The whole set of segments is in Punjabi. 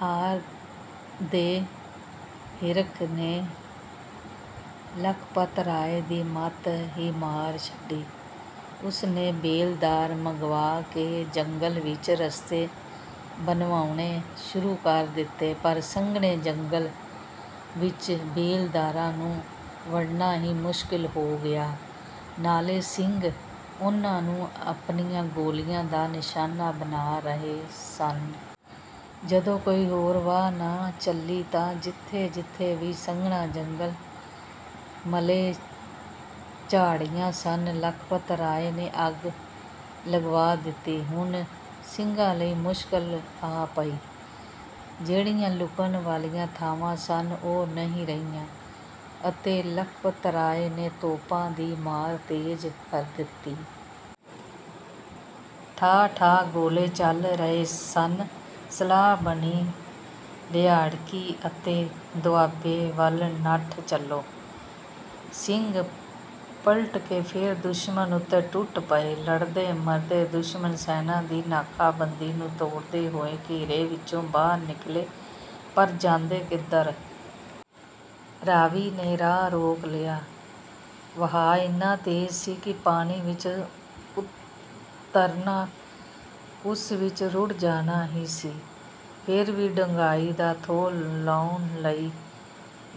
ਹਾਰ ਦੇ ਹਿਰਖ ਨੇ ਲਖਪਤ ਰਾਏ ਦੀ ਮੱਤ ਹੀ ਮਾਰ ਛੱਡੀ। ਉਸਨੇ ਬੇਲਦਾਰ ਮੰਗਵਾ ਕੇ ਜੰਗਲ ਵਿੱਚ ਰਸਤੇ ਬਣਵਾਉਣੇ ਸ਼ੁਰੂ ਕਰ ਦਿੱਤੇ ਪਰ ਸੰਘਣੇ ਜੰਗਲ ਵਿੱਚ ਬੇਲਦਾਰਾਂ ਨੂੰ ਵੜਨਾ ਹੀ ਮੁਸ਼ਕਲ ਹੋ ਗਿਆ, ਨਾਲੇ ਸਿੰਘ ਉਹਨਾਂ ਨੂੰ ਆਪਣੀਆਂ ਗੋਲੀਆਂ ਦਾ ਨਿਸ਼ਾਨਾ ਬਣਾ ਰਹੇ ਸਨ। ਜਦੋਂ ਕੋਈ ਹੋਰ ਵਾਹ ਨਾ ਚੱਲੀ ਤਾਂ ਜਿੱਥੇ-ਜਿੱਥੇ ਵੀ ਸੰਘਣਾ ਜੰਗਲ, ਮਲ੍ਹੇ-ਝਾੜੀਆਂ ਸਨ, ਲਖਪਤ ਰਾਏ ਨੇ ਅੱਗ ਲਗਵਾ ਦਿੱਤੀ। ਹੁਣ ਸਿੰਘਾਂ ਲਈ ਮੁਸ਼ਕਲ ਆ ਪਈ। ਜਿਹੜੀਆਂ ਲੁਕਣ ਵਾਲੀਆਂ ਥਾਵਾਂ ਸਨ ਉਹ ਨਹੀਂ ਰਹੀਆਂ ਅਤੇ ਲਖਪਤ ਰਾਏ ਨੇ ਤੋਪਾਂ ਦੀ ਮਾਰ ਤੇਜ਼ ਕਰ ਦਿੱਤੀ। ਠਾਹ-ਠਾਹ ਗੋਲੇ ਚੱਲ ਰਹੇ ਸਨ। ਸਲਾਹ ਬਣੀ, "ਰਿਆੜਕੀ ਅਤੇ ਦੁਆਬੇ ਵੱਲ ਨੱਠ ਚੱਲੋ।" ਸਿੰਘ ਪਲਟ ਕੇ ਫੇਰ ਦੁਸ਼ਮਣ ਉੱਤੇ ਟੁੱਟ ਪਏ। ਲੜਦੇ-ਮਰਦੇ ਦੁਸ਼ਮਣ ਸੈਨਾਂ ਦੀ ਨਾਕਾਬੰਦੀ ਨੂੰ ਤੋੜਦੇ ਹੋਏ ਘੇਰੇ ਵਿੱਚੋਂ ਬਾਹਰ ਨਿਕਲੇ ਪਰ ਜਾਂਦੇ ਕਿੱਧਰ? ਰਾਵੀ ਨੇ ਰਾਹ ਰੋਕ ਲਿਆ। ਵਹਾਅ ਇੰਨਾ ਤੇਜ਼ ਸੀ ਕਿ ਪਾਣੀ ਵਿੱਚ ਉਤਰਨਾ, ਉਸ ਵਿੱਚ ਰੁੜ੍ਹ ਜਾਣਾ ਹੀ ਸੀ। ਫੇਰ ਵੀ ਡੂੰਘਾਈ ਦਾ ਥੋਹ ਲਾਉਣ ਲਈ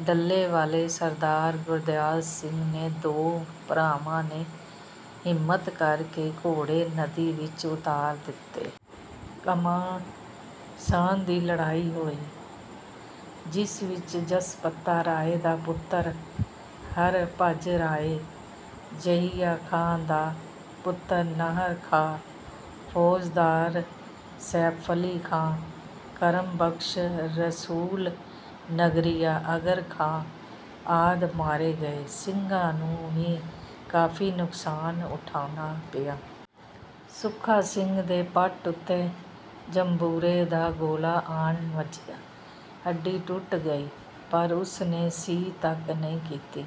ਡੱਲੇਵਾਲੇ ਸਰਦਾਰ ਗੁਰਦਿਆਲ ਸਿੰਘ ਦੇ ਦੋ ਭਰਾਵਾਂ ਨੇ ਹਿੰਮਤ ਕਰਕੇ ਘੋੜੇ ਨਦੀ ਵਿੱਚ ਉਤਾਰ ਦਿੱਤੇ। ਘਮਾਸਾਨ ਦੀ ਲੜਾਈ ਹੋਈ, ਜਿਸ ਵਿੱਚ ਜਸਪਤਾ ਰਾਏ ਦਾ ਪੁੱਤਰ ਹਰਭਜ ਰਾਏ, ਯਹੀਆ ਖਾਂ ਦਾ ਪੁੱਤਰ ਨਾਹਰ ਖਾਂ, ਫੌਜਦਾਰ ਸੈਫ਼ਅਲੀ ਖਾਂ, ਕਰਮ ਬਖ਼ਸ਼ ਰਸੂਲ ਨਗਰੀਆ, ਅਗਰ ਖਾਂ ਆਦਿ ਮਾਰੇ ਗਏ। ਸਿੰਘਾਂ ਨੂੰ ਵੀ ਕਾਫੀ ਨੁਕਸਾਨ ਉਠਾਉਣਾ ਪਿਆ। ਸੁੱਖਾ ਸਿੰਘ ਦੇ ਪੱਟ ਉੱਤੇ ਜੰਬੂਰੇ ਦਾ ਗੋਲਾ ਆਣ ਵੱਜਿਆ। ਹੱਡੀ ਟੁੱਟ ਗਈ, ਪਰ ਉਸਨੇ 'ਸੀ' ਤੱਕ ਨਹੀਂ ਕੀਤੀ।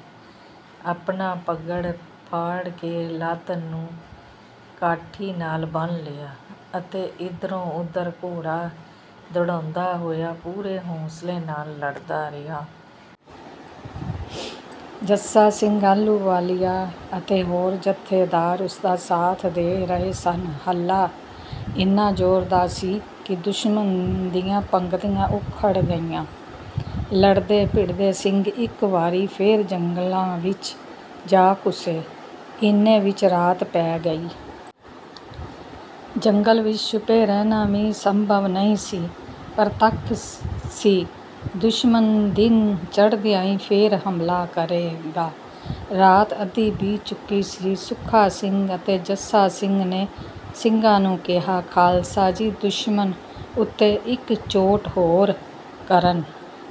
ਆਪਣਾ ਪੱਗੜ ਪਾੜ ਕੇ ਲੱਤ ਨੂੰ ਕਾਠੀ ਨਾਲ ਬੰਨ੍ਹ ਲਿਆ ਅਤੇ ਇਧਰੋਂ-ਉਧਰ ਘੋੜਾ ਦੌੜਾਉਂਦਾ ਹੋਇਆ ਪੂਰੇ ਹੌਂਸਲੇ ਨਾਲ ਲੜਦਾ ਰਿਹਾ। ਜੱਸਾ ਸਿੰਘ ਆਹਲੂਵਾਲੀਆ ਅਤੇ ਹੋਰ ਜੱਥੇਦਾਰ ਉਸਦਾ ਸਾਥ ਦੇ ਰਹੇ ਸਨ। ਹੱਲਾ ਇੰਨਾ ਜ਼ੋਰਦਾਰ ਸੀ ਕਿ ਦੁਸ਼ਮਣ ਦੀਆਂ ਪੰਗਤੀਆਂ ਉਖੜ ਗਈਆਂ। ਲੜਦੇ-ਭਿੜਦੇ ਸਿੰਘ ਇੱਕ ਵਾਰੀ ਫੇਰ ਜੰਗਲਾਂ ਵਿੱਚ ਜਾ ਘੁਸੇ। ਇੰਨੇ ਵਿੱਚ ਰਾਤ ਪੈ ਗਈ। ਜੰਗਲ ਵਿੱਚ ਛੁਪੇ ਰਹਿਣਾ ਵੀ ਸੰਭਵ ਨਹੀਂ ਸੀ। ਪਰਤੱਖ ਸੀ ਦੁਸ਼ਮਣ ਦਿਨ ਚੜ੍ਹਦਿਆਂ ਹੀ ਫੇਰ ਹਮਲਾ ਕਰੇਗਾ। ਰਾਤ ਅੱਧੀ ਬੀਤ ਚੁੱਕੀ ਸੀ। ਸੁੱਖਾ ਸਿੰਘ ਅਤੇ ਜੱਸਾ ਸਿੰਘ ਨੇ ਸਿੰਘਾਂ ਨੂੰ ਕਿਹਾ, "ਖਾਲਸਾ ਜੀ, ਦੁਸ਼ਮਣ ਉੱਤੇ ਇੱਕ ਚੋਟ ਹੋਰ ਕਰਨ